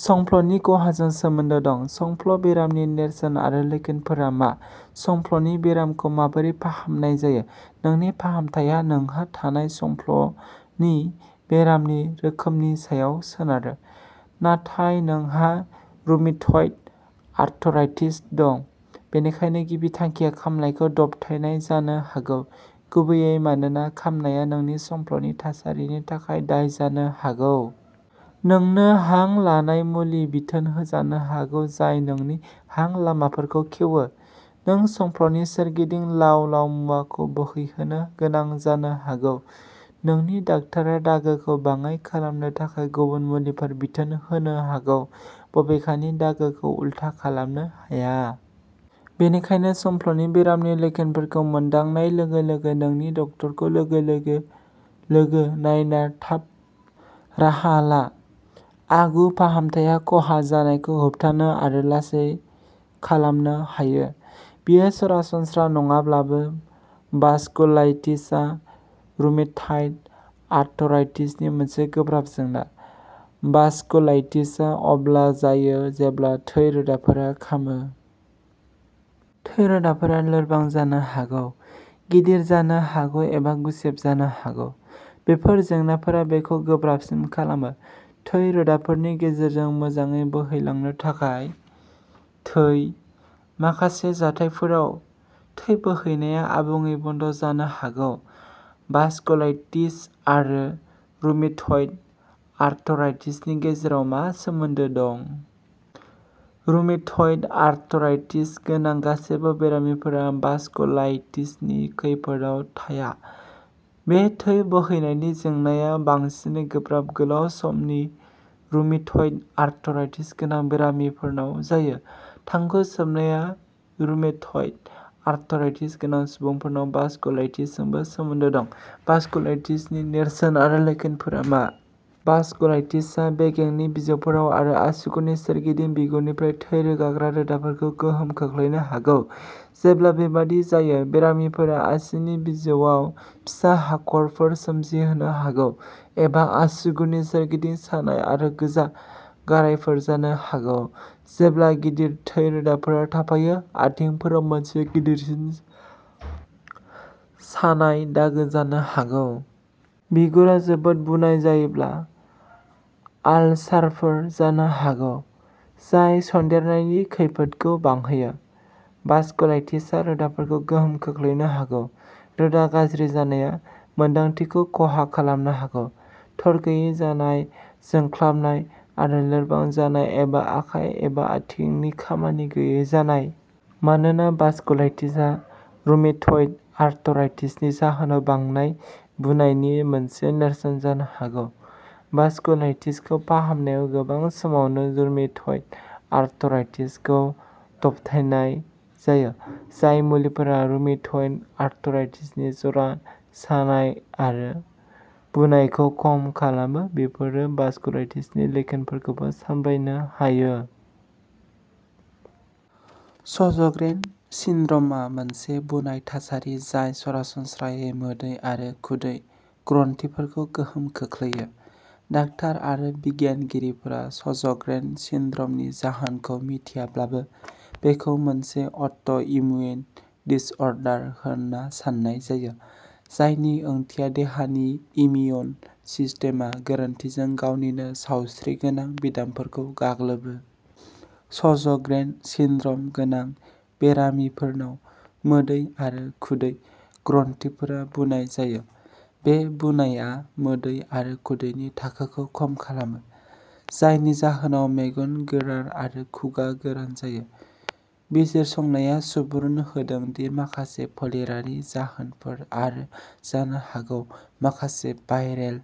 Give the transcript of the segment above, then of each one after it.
संफ्लनि खहाजों सोमोन्दो दं। संफ्ल बेरामनि नेरसोन आरो लैखोनफोरा मा मा? संफ्लनि बेरामखौ माबोरै फाहामनाय जायो? नोंनि फाहामथाया नोंहा थानाय संफ्लनि बेरामनि रोखोमनि सायाव सोनारो। नाथाय नोंहा रुमेटइड आर्थराइटिस दं, बेनिखायनो गिबि थांखिया खामनायखौ दबथायनाय जानो हागौ, गुबैयै मानोना खामनाया नोंनि संफ्लनि थासारिनि थाखाय दाय जानो हागौ। नोंनो हां लानाय मुलि बिथोन होजानो हागौ जाय नोंनि हां लामाफोरखौ खेवो। नों संफ्लनि सोरगिदिं लाव-लाव मुवाखौ बोहैहोनो गोनां जानो हागौ। नोंनि डाक्टारआ दागोखौ बाङाय खालामनो थाखाय गुबुन मुलिफोर बिथोन होनो हागौ। बबेखानि, दागोखौ उलथा खालामनो हाया। बेनिखायनो संफ्लनि बेरामनि लैखोनफोरखौ मोनदांनाय लोगो-लोगो नोंनि डक्टरखौ लोगो-लोगो लोगो नायना थाब राहा ला। आगु फाहामथाया खहा जानायखौ होबथानो आरो लासै खालामनो हायो। बेयो सरासनस्रा नङाब्लाबो, भास्कुलाइटिसआ रुमेटाइड आर्थराइटिसनि मोनसे गोब्राब जेंना। भास्कुलाइटिसआ अब्ला जायो जेब्ला थै रोदाफोरा खामो। थै रोदाफोरा लोरबां जानो हागौ, गिदिर जानो हागौ एबा गुसेब जानो हागौ। बेफोर जेंनाफोरा बेखौ गोब्राबसिन खालामो। थै रोदाफोरनि गेजेरजों मोजाङै बोहैलांनो थाखाय थै। माखासे जाथायफोराव, थै बोहैनाया आबुङै बन्द जानो हागौ। भास्कुलाइटिस आरो रुमेटइड आर्थराइटिसनि गेजेराव मा सोमोन्दो दं? रुमेटइड आर्थराइटिस गोनां गासैबो बेरामिफोरा भास्कुलाइटिसनि खैफोदआव थाया। बे थै बोहैनायनि जेंनाया बांसिनै गोब्राब गोलाव समनि रुमेटइड आर्थराइटिस गोनां बेरामिफोरनाव जायो। थांखु सोबनाया रुमेटइड आर्थराइटिस गोनां सुबुंफोरनाव भास्कुलाइटिसजोंबो सोमोन्दो दं। भास्कुलाइटिसनि नेरसोन आरो लैखोनफोरा मा? भास्कुलाइटिसआ बेगेंनि बिजौफोराव आरो आसुगुरनि सोरगिदिं बिगुरनिफ्राय थै रोगाग्रा रोदाफोरखौ गोहोम खोख्लैनो हागौ। जेब्ला बेबादि जायो, बेरामिफोरा आसिनि बिजौआव फिसा हाखरफोर सोमजिहोनो हागौ, एबा आसुगुरनि सोरगिदिं सानाय आरो गोजा गारायफोर जानो हागौ। जेब्ला गिदिर थै रोदाफोर थाफायो, आथिंफोराव मोनसे गिदिरसिन सानाय दागो जानो हागौ। बिगुरा जोबोद बुनाय जायोब्ला, आलसारफोर जानो हागौ, जाय सन्देरनायनि खैफोदखौ बांहोयो। भास्कुलाइटिसआ रोदाफोरखौबो गोहोम खोख्लैनो हागौ। रोदा गाज्रि जानाया मोनदांथिखौ खहा खालामनो हागौ, थरगैयि जानाय, जोंख्लाबनाय आरो लोरबां जानाय एबा आखाइ एबा आथिंनि खामानि गैयै जानाय। मानोना भास्कुलाइटिसआ रुमेटइड आर्थराइटिसनि जाहोनाव बांनाय बुनायनि मोनसे नेरसोन जानो हागौ, भास्कुलाइटिसखौ फाहामनायाव गोबां समावनो रुमेटइड आर्थराइटिसखौ दबथायनाय जायो। जाय मुलिफोरा रुमेटइड आर्थराइटिसनि जरा सानाय आरो बुनायखौ खम खालामो, बेफोरो भास्कुलाइटिसनि लैखोनफोरखौबो सामलायनो हायो। सज'ग्रेन सिन्ड्रमआ मोनसे बुनाय थासारि जाय सरासनस्रायै मोदै आरो खुदै ग्रन्थिफोरखौ गोहोम खोख्लैयो। डाक्टार आरो बिगियानगिरिफोरा सज'ग्रेन सिन्ड्रमनि जाहोनखौ मिथियाब्लाबो, बेखौ मोनसे अट'इम्युन डिसअर्डार होन्ना सान्नाय जायो, जायनि ओंथिया देहानि इमिउन सिस्टेमआ गोरोन्थिजों गावनिनो सावस्रिगोनां बिदामफोरखौ गाग्लोबो। सज'ग्रेन सिन्ड्रम गोनां बेरामिफोरनाव, मोदै आरो खुदै ग्रन्थिफोरा बुनाय जायो। बे बुनायआ मोदै आरो खुदैनि थाखोखौ खम खालामो, जायनि जाहोनाव मेगन गोरान आरो खुगा गोरान जायो। बिजिरसंनाया सुबुरुन होदों दि माखासे फोलेरारि जाहोनफोर आरो जानो हागौ माखासे भाइरेल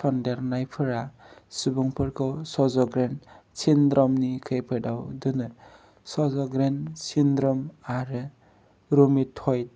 सन्देरनायफोरा सुबुंफोरखौ सज'ग्रेन सिन्ड्रमनि खैफोदआव दोनो। सज'ग्रेन सिन्ड्रोम आरो रुमेटइड